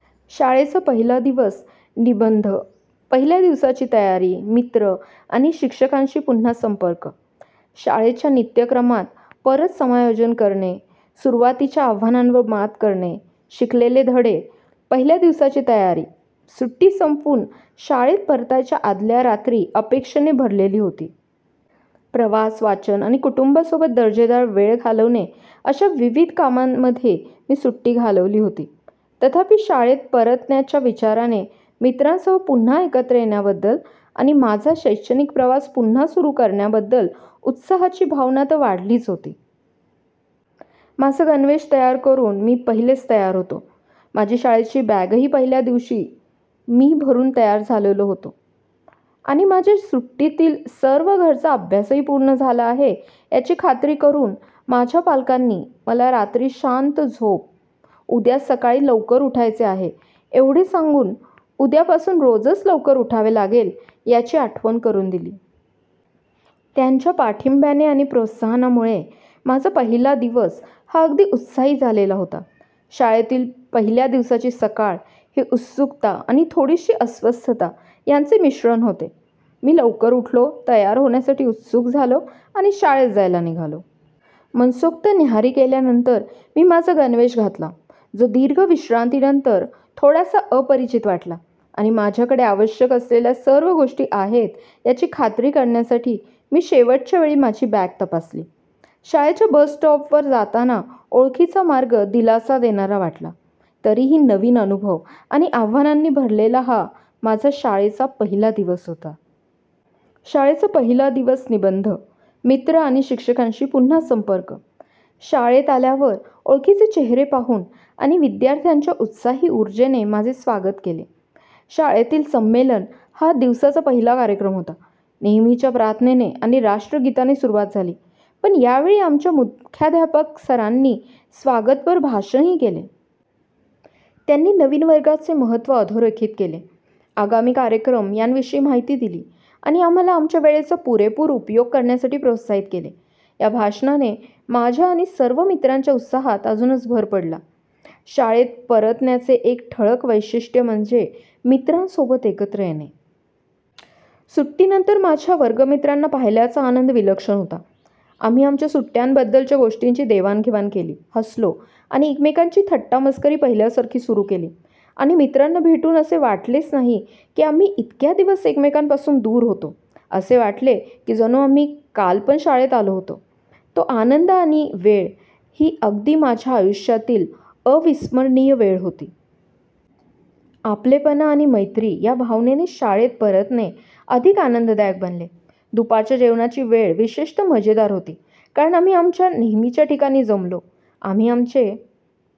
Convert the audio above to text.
शाळेचा पहिला दिवस निबंध, पहिल्या दिवसाची तयारी, मित्र आणि शिक्षकांशी पुन्हा संपर्क, शाळेच्या नित्यक्रमात परत समायोजन करणे, सुरुवातीच्या आव्हानांवर मात करणे, शिकलेले धडे. पहिल्या दिवसाची तयारी. सुट्टी संपवून शाळेत परतायच्या आदल्या रात्री अपेक्षेने भरलेली होती. प्रवास, वाचन आणि कुटुंबासोबत दर्जेदार वेळ घालवणे अशा विविध कामांमध्ये मी सुट्टी घालवली होती. तथापि, शाळेत परतण्याच्या विचाराने मित्रांसह पुन्हा एकत्र येण्याबद्दल आणि माझा शैक्षणिक प्रवास पुन्हा सुरू करण्याबद्दल उत्साहाची भावना तर वाढलीच होती. माझा गणवेश तयार करून मी पहिलेच तयार होतो, माझी शाळेची बॅगही पहिल्या दिवशीच मी भरून तयार झालेलो होतो आणि माझ्या सुट्टीतील सर्व घरचा अभ्यासही पूर्ण झाला आहे याची खात्री करून माझ्या पालकांनी मला रात्री, शांत झोप, उद्या सकाळी लवकर उठायचे आहे, एवढे सांगून उद्यापासून रोजच लवकर उठावे लागेल याची आठवण करून दिली. त्यांच्या पाठिंब्याने आणि प्रोत्साहनामुळे माझा पहिला दिवस हा अगदी उत्साही झालेला होता. शाळेतील पहिल्या दिवसाची सकाळ ही उत्सुकता आणि थोडीशी अस्वस्थता यांचे मिश्रण होते. मी लवकर उठलो, तयार होण्यासाठी उत्सुक झालो आणि शाळेत जायला निघालो. मनसोक्त न्याहारी केल्यानंतर, मी माझा गणवेश घातला, जो दीर्घ विश्रांतीनंतर थोडासा अपरिचित वाटला आणि माझ्याकडे आवश्यक असलेल्या सर्व गोष्टी आहेत याची खात्री करण्यासाठी मी शेवटच्या वेळी माझी बॅग तपासली. शाळेच्या बस स्टॉपवर जाताना, ओळखीचा मार्ग दिलासा देणारा वाटला, तरीही नवीन अनुभव आणि आव्हानांनी भरलेला हा माझा शाळेचा पहिला दिवस होता. शाळेचा पहिला दिवस निबंध, मित्र आणि शिक्षकांशी पुन्हा संपर्क. शाळेत आल्यावर, ओळखीचे चेहरे पाहून आणि विद्यार्थ्यांच्या उत्साही उर्जेने माझे स्वागत केले. शाळेतील संमेलन हा दिवसाचा पहिला कार्यक्रम होता. नेहमीच्या प्रार्थनेने आणि राष्ट्रगीताने सुरुवात झाली, पण यावेळी आमच्या मुख्याध्यापक सरांनी स्वागतपर भाषणही केले. त्यांनी नवीन वर्गाचे महत्त्व अधोरेखित केले, आगामी कार्यक्रम यांविषयी माहिती दिली आणि आम्हाला आमच्या वेळेचा पुरेपूर उपयोग करण्यासाठी प्रोत्साहित केले. या भाषणाने, माझ्या आणि सर्व मित्रांच्या उत्साहात अजूनच भर पडला. शाळेत परतण्याचे एक ठळक वैशिष्ट्य म्हणजे मित्रांसोबत एकत्र येणे. सुट्टीनंतर माझ्या वर्गमित्रांना पाहिल्याचा आनंद विलक्षण होता. आम्ही आमच्या सुट्ट्यांबद्दलच्या गोष्टींची देवाणघेवाण केली, हसलो आणि एकमेकांची थट्टा मस्करी पहिल्यासारखी सुरू केली आणि मित्रांना भेटून असे वाटलेच नाही की आम्ही इतक्या दिवस एकमेकांपासून दूर होतो, असे वाटले की जणू आम्ही काल पण शाळेत आलो होतो, तो आनंद आणि वेळ ही अगदी माझ्या आयुष्यातील अविस्मरणीय वेळ होती. आपलेपणा आणि मैत्री या भावनेने शाळेत परतणे अधिक आनंददायक बनले. दुपारच्या जेवणाची वेळ विशेषतः मजेदार होती, कारण आम्ही आमच्या नेहमीच्या ठिकाणी जमलो, आम्ही आमचे